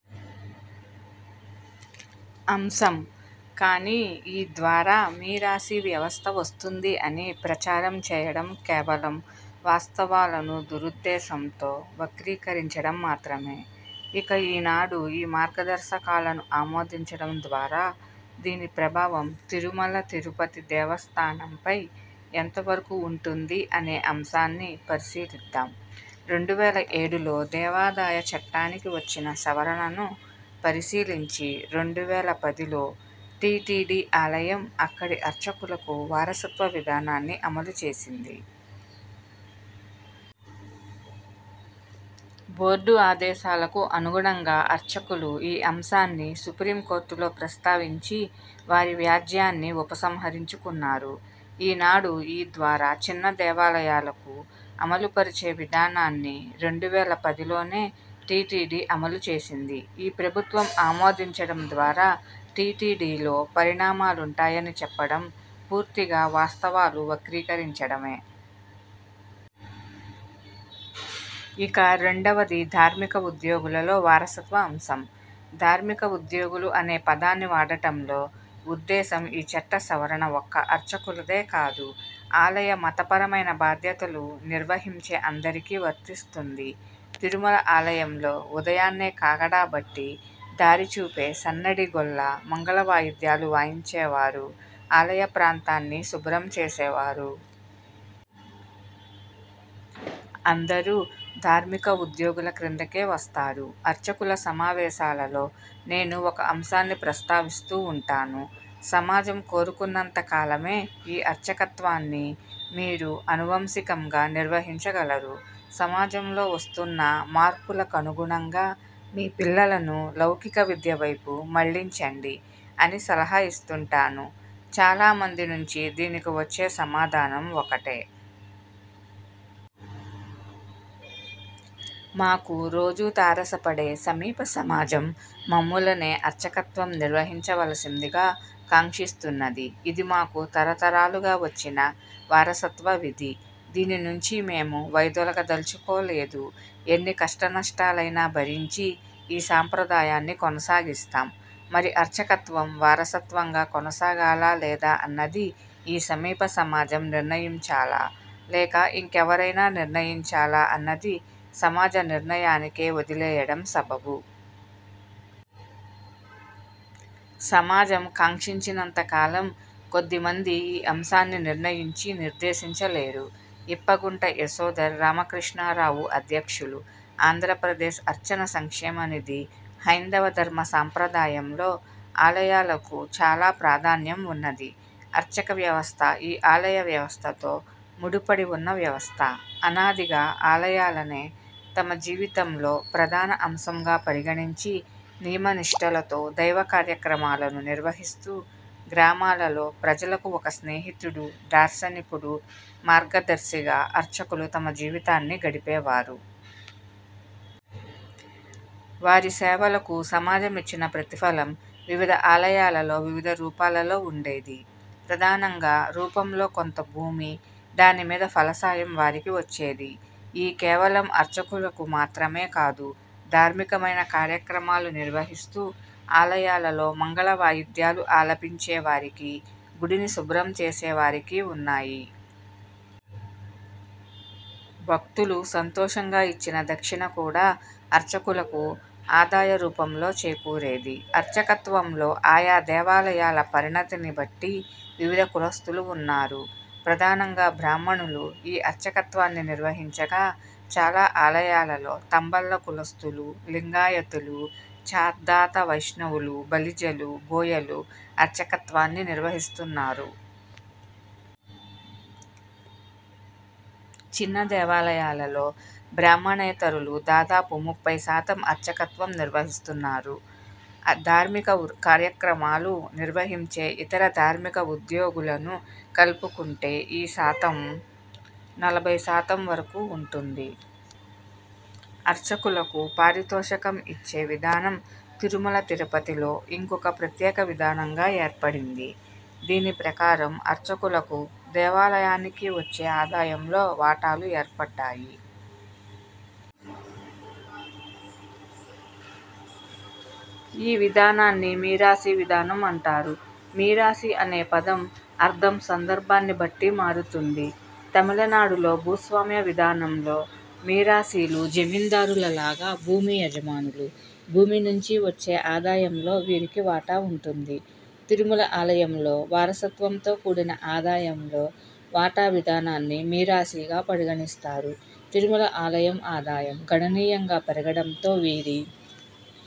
అంశం. కానీ ఈ ద్వారా మీరాసీ వ్యవస్థ వస్తుంది అని ప్రచారం చేయడం కేవలం వాస్తవాలను దురుద్దేశంతో వక్రీకరించడం మాత్రమే. ఇక ఈనాడు ఈ మార్గదర్శకాలను ఆమోదించడం ద్వారా దీని ప్రభావం తిరుమల తిరుపతి దేవస్థానంపై ఎంతవరకు ఉంటుంది అనే అంశాన్ని పరిశీలిద్దాం. రెండు వేల ఏడులో దేవాదాయ చట్టానికి వచ్చిన సవరణను పరిశీలించి రెండు వేల పదిలో టీటీడీ ఆలయం అక్కడి అర్చకులకు వారసత్వ విధానాన్ని అమలుచేసింది. బోర్డు ఆదేశాలకు అనుగుణంగా అర్చకులు ఈ అంశాన్ని సుప్రీం కోర్టులో ప్రస్తావించి వారి వ్యాజ్యాన్ని ఉపసంహరించుకున్నారు. ఈనాడు ఈ ద్వారా చిన్న దేవాలయాలకు అమలుపరిచే విధానాన్ని రెండు వేల పదిలోనే టీటీడీ అమలు చేసింది. ఈ ప్రభుత్వం ఆమోదించడం ద్వారా టీటీడీలో పరిణామాలుంటాయని చెప్పడం పూర్తిగా వాస్తవాలు వక్రీకరించడమే. ఇక రెండవది ధార్మిక ఉద్యోగులలో వారసత్వ అంశం. ధార్మిక ఉద్యోగులు అనే పదాన్ని వాడటంలో ఉద్దేశం ఈ చట్ట సవరణ ఒక్క అర్చకులదేకాదు ఆలయ మతపరమైన బాధ్యతలు నిర్వహించే అందరికీ వర్తిస్తుంది. తిరుమల ఆలయంలో ఉదయాన్నే కాగడా బట్టి దారిచూపే సన్నఢి గొల్ల మంగళవాయిద్యాలు వాయించేవారు, ఆలయ ప్రాంతాన్ని శుభ్రంచేసేవారు. అందరు ధార్మిక ఉద్యోగుల క్రిందకే వస్తారు. అర్చకుల సమావేశాలలో నేను ఒక అంశాన్ని ప్రస్తావిస్తూ ఉంటాను. సమాజం కోరుకున్నంత కాలమే ఈ అర్చకత్వాన్ని మీరు అనువంశికంగా నిర్వహించగలరు. సమాజంలో వస్తున్న మార్పులకనుగుణంగా మీ పిల్లలను లౌకికవిద్య వైపు మళ్ళించండి అని సల హా ఇస్తుంటాను. చాలామంది నుంచి దీనికివచ్చే సమాధానం ఒకటే. మాకు రోజూ తారసపడే సమీప సమాజం మమ్ములనే అర్చకత్వం నిర్వహించవలసిందిగా కాంక్షిస్తున్నది. ఇది మాకు తరతరాలుగా వచ్చిన వారసత్వ విధి. దీని నుంచి మేము వైదొలగదల్చుకోలేదు. ఎన్నికష్టనష్టాలైనా భరించి ఈ సాంప్రదాయాన్ని కొనసాగిస్తాం. మరి అర్చకత్వం వారసత్వంగా కొనసాగాలా లేదా అన్నది ఈ సమీప సమాజం నిర్ణయించాలా, లేక ఇంకెవరైనా నిర్ణయించాలా అన్నది సమాజ నిర్ణయానికే వదిలేయడం సబబు. సమాజం కాంక్షించినంతకాలం కొద్ది మంది ఈ అంశాన్నినిర్ణయించి నిర్దేశించలేరు. ఇప్పగుంట యశోధర్ రామకృష్ణారావుఅధ్యక్షులు, ఆంధ్రప్రదేశ్ అర్చక సంక్షేమ నిధి హైందవ ధర్మ సాంప్రదాయంలో ఆలయాలకు చాలా ప్రాధాన్యం ఉన్నది. అర్చక వ్యవస్థ ఈ ఆలయ వ్యవస్థతో ముడిపడి ఉన్న వ్యవస్థ. అనాదిగా ఆలయాలనే తమ జీవితంలో ప్రధాన అంశంగా పరిగణించి నియమనిష్టలతో దైవకార్యక్రమాలను నిర్వహిస్తూ గ్రామాలలో ప్రజలకు ఒక స్నేహితుడు, దార్శనికుడు, మార్గదర్శిగా అర్చకులు తమ జీవితాన్ని గడిపేవారు. వారి సేవలకు సమాజమిచ్చిన ప్రతిఫలం వివిధ ఆలయాలలో వివిధ రూపాలలో ఉండేది. ప్రధానంగా రూపంలో కొంత భూమి దాని మీద ఫలసాయం వారికి వచ్చేది. ఈ కేవలం అర్చకులకు మాత్రమే కాదు ధార్మికమైన కార్యమ్రాలు నిర్వహిస్తూ ఆలయాలలో మంగళవాయిద్యాలు ఆలపించే వారికి గుడిని శుభ్రంచేసే వారికి ఉన్నాయి. భక్తులు సంతోషంగా ఇచ్చిన దక్షిణ కూడా అర్చకులకు ఆదాయ రూపంలో చేకూరేది. అర్చకత్వంలో ఆయా దేవాలయాల పరిణతిని బట్టి వివిధ కులస్థులు ఉన్నారు. ప్రధానంగా బ్రాహ్మణులు ఈ అర్చకత్వాన్ని నిర్వహించగా చాలా ఆలయాలలో తంబల్ల కులస్థులు, లింగాయతులు, చాద్ధాత వైష్ణవులు, బలిజలు, బోయలు అర్చకత్వాన్ని నిర్వహిస్తున్నారు. చిన్న దేవాలయాలలో బ్రాహ్మణేతరులు దాదాపు ముప్పై శాతం అర్చకత్వం నిర్వహిస్తున్నారు. ధార్మిక కార్యక్రమాలు నిర్వహించే ఇతర ధార్మిక ఉద్యోగులను కలుపుకుంటే ఈ శాతం నలభైశాతం వరకు ఉంటుంది. అర్చకులకు పారితోషకం ఇచ్చే విధానం తిరుమల తిరుపతిలో ఇంకొక ప్రత్యేక విధానంగా ఏర్పడింది. దీని ప్రకారం అర్చకులకు దేవాలయానికి వచ్చే ఆదాయంలో వాటాలు ఏర్పడ్డాయి. ఈ విధానాన్నే మీరాసీ విధానం అంటారు. మీరాసీ అనే పదం అర్థం సందర్భాన్ని బట్టి మారుతుంది. తమిళనాడులో భూస్వామ్య విధానంలో మీరాసీలు జమీందారుల లాగా భూమి యజమానులు. భూమి నుంచి వచ్చే ఆదాయంలో వీరికి వాటా ఉంటుంది. తిరుమల ఆలయంలో వారసత్వంతో కూడిన ఆదాయంలో వాటా విధానాన్ని మీరాసీగా పరిగణిస్తారు. తిరుమల ఆలయం ఆదాయం గణనీయంగా పెరగడంతో వీరి